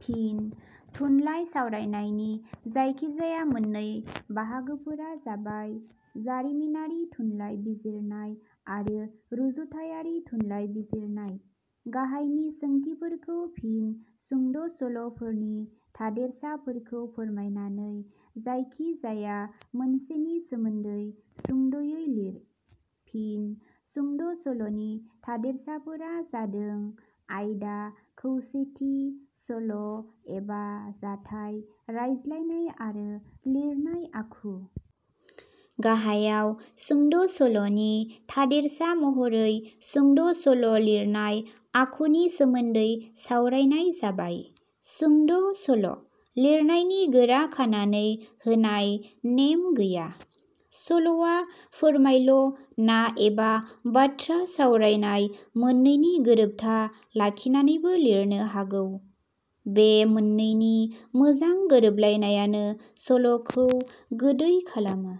फिन: थुनलाइ सावरायनायनि जायखि जाया मोननै बाहागोफोरा जाबाय- जारिमिनारि थुनलाइ बिजिरनाय आरो रुजुथाइयारि थुनलाइ बिजिरनाय। गाहायनि सोंथिफोरखौ फिन सुंद' सल 'फोरनि थादेरसाफोरखौ फोरमायनानै जायखि-जाया मोनसेनि सोमोन्दै सुंद 'यै लिर। फिन: सुंद' सल'नि थादेरसाफोरा जादों आयदा, खौसेथि, सल' एबा जाथाइ, रायज्लायनाय आरो लिरनाय आखु। गाहायाव सुंद' सल'नि थादेरसा महरै सुंद' सल' लिरनाय आखुनि सोमोन्दै सावरायनाय जाबाय- सुंद' सल' लिरनायनि गोरा खानानै होनाय नेम गैया। सल'आ फोरमायल' ना एबा बाथ्रा सावरायलायनाय मोनैनि गोरोबथा लाखिनानैबो लिरनो हागौ। बे मोननैनि मोजां गोरोबलायनायानो सल 'खौ गोदै खालामो।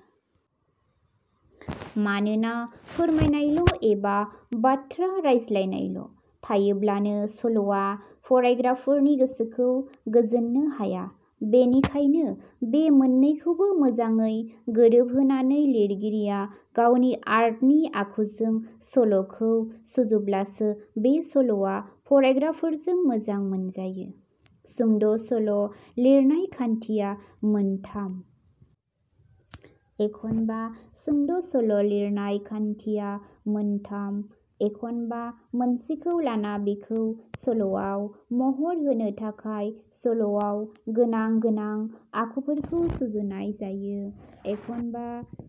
मानोना फोरमायनायल' एबा बाथ्रा रायज्लायनायल' थायोब्लानो सल'आ फरायग्राफोरनि गोसोखौ फोजोननो हाया। बेखायनो बे मोननैखौबो मोजाङै गोरोब होनानै लिरगिरिया गावनि आर्टनि आखुजों सल 'खौ सुजुब्लासो बे सल'आ फरायग्राफोरजों मोजां मोनजायो। सुंद' सल' लिरनाय खान्थिया मोनथाम। एखनबा सुंद' सल' लिरनाय खान्थिया मोनथाम। एखनबा मोनसे खौ लानानै बेखौ सल'आव महर होनो थाखाय सल 'वाव गोनां गोनां आखुफोरखौ सुजुनाय जायो, एखनबा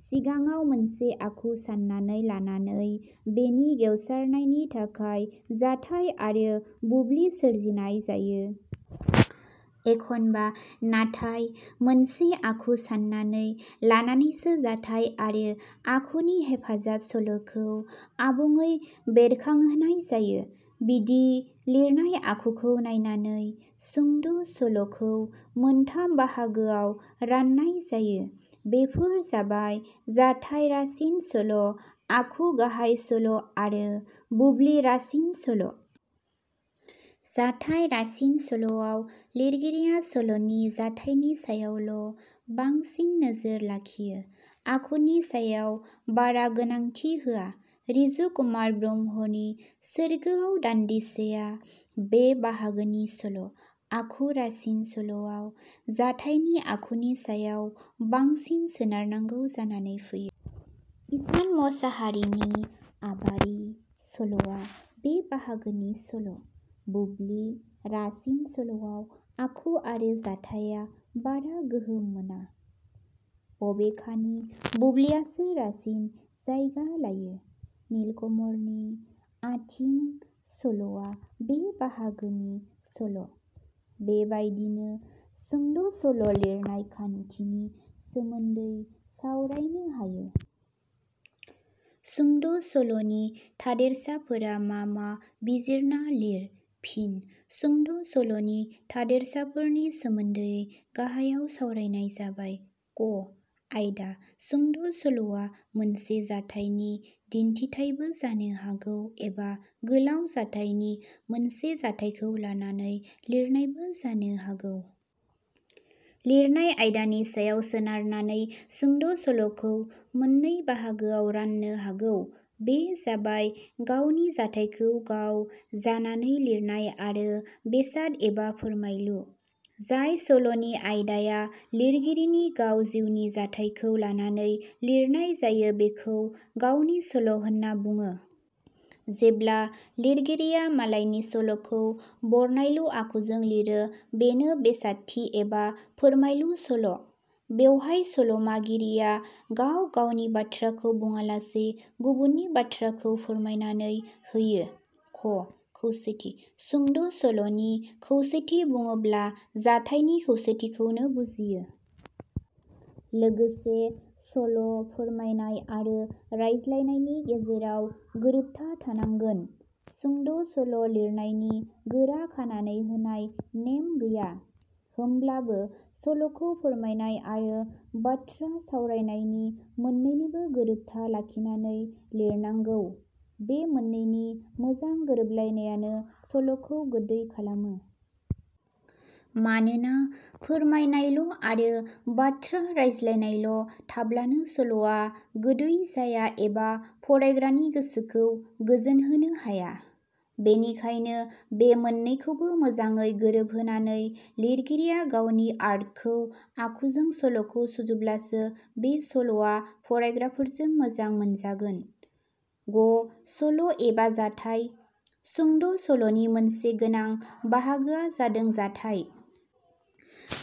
सिगाङाव मोनसे आखु साननानै लानानै बेनि गेवसारनाय थाखाय जाथाय आरो बुब्लि सोरजिनाय जायो। एखनबा नाथाय मोनसे आखु साननानै लाखानानैसो जाथाय आरो आखुनि हेफाजाब सल'खौ आबुङै बेरखांहोनाय जायो। बिदि लिरनाय आखुखौ नायनानै सुंद' सल 'खौ मोनथाम बाहागोआव राननाय जायो, बेफोर जाबाय- जाथाय रासिन सल', आखु गाहाय सल' आरो बुब्लि रासिन सल'। जाथाय रासिन सल 'वाव लिरगिरिया सल नि जाथायनि सायावल' बांसिन नोजोर लाखियो, आखुनि सायाव बारा गोनांथि होआ। रिजु कुमार ब्रहमनि "सोरगोआव दान्दिसे"आ बे बाहागोनि सल'। आखु रासिन सल'वाव जाथायनि आखुनि सायाव बांसिन सोनारनांगौ जानानै फैयो। इसान मसाहारिनि "आबारि" सल 'वा वे बाहागोनि सल'। बुब्लि रासिन सल'वाव आखु आरो जाथाया बारा गोहोम मोना, बबेखानि बुब्लियासो रासिन जायगा लायो। निलकमलनि" आथिं" सल 'वा बे बाहागोनि सल'। बेबादिनो सुंद' सल' लिरनाय खान्थिनि सोमोन्दै सावरायनो हायो। सुंद' सल 'नि थादेरसाफोरा मा मा बिजिरना लिर। फिन: सुंद' सल'नि थादेरसाफोरनि सोमोन्दै गाहायाव सावरायनाय जाबाय- क आयदा: सुंद' सल'वा मोनसे जाथायनि दिन्थिथायबो जानो हागौ एबा गोलाउ जाथायनि मोनसे जाथायखौ लानानै लिरनायबो जानो हागौ। लिरनाय आयदानि सायाव सोनारनानै सुंद' सल'खौ मोननै बाहागोआव राननो हागौ, बे जाबाय-गावनि जाथायखौ गाव जानानै लिरनाय आरो बेसाद एबा फोरमायलु। जाय सल'नि आयदाया लिरगिरिनि गाव जिउनि जाथायखौ लानानै लिरनाय जायो बेखौ गावनि सल' होनना बुङो। जेब्ला लिरगिरिया मालायनि सल'खौ बरनायलु आखुजों लिरो बेनो बेसादथि एबा फोरमायलु सल'। बेवहाय सल 'मागिरिया गाव गावनि बाथ्रा बुङालासे गुबुननि बाथ्राखौ फोरमायनानै होयो। ख खौसेथि: सुंद' सल 'नि खौसेथि बुङोब्ला जाथायनि खौसेथिखौनो बुजियो। लोगोसे सल' फोरमायनाय आरो रायज्लायनायनि गेजेराव गोरोबथा थानांगोन। सुंद' सल' लिरनायनि गोरा खानानै होनाय नेम गैया। होमब्लाबो सल 'खौ फोरमायनाय आरो बाथ्रा सावरायनायनि मोननैनिबो गोरोबथा लाखिनानै लिरनांगौ। बे मोननैनि मोजां गोरोबलायनायानो सल 'खौ गोदै खालामो। मानोना फोरमायनायल' आरो बाथ्रा रायज्लायनायल' थाब्लानो सल'आ गोदै जाया एबा फरायग्रानि गोसोखौ गोजोनहोनो हाया। बेखायनो बे मोननैखौबो मोजाङै गोरोबहोनानै लिरगिरिया गावनि आर्टखौ आखुजों सल'खौ सुजुब्लासो बे सल'आ फरायग्राफोरजों मोजां मोनजागोन। ग सल' एबा जाथाइ: सुंद' सल'नि मोनसे गोनां बाहागोआ जादों जाथाइ।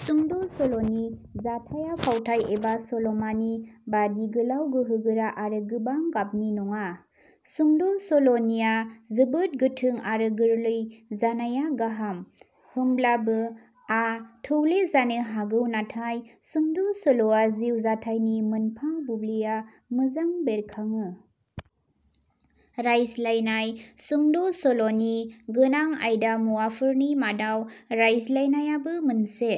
सुंद' सल 'नि जाथाइया फावथाइ एबा सल 'मानि बादि गोलाव गोहो गोरा आरो गोबां गाबनि नङा। सुंद' सल'नि आ जोबोद गोथों आरो गोरलै जानाया गाहाम। होमब्लाबो आ थौले जानो हागौ नाथाय सुंद' सल'आव जिउ जाथाइनि मोनफा बुब्लिया मोजा बेरखाङो। रायज्लायनाय: सुंद' सल 'नि गोनां आयदा मुवाफोरनि मादाव रायज्लायनायाबो मोनसे।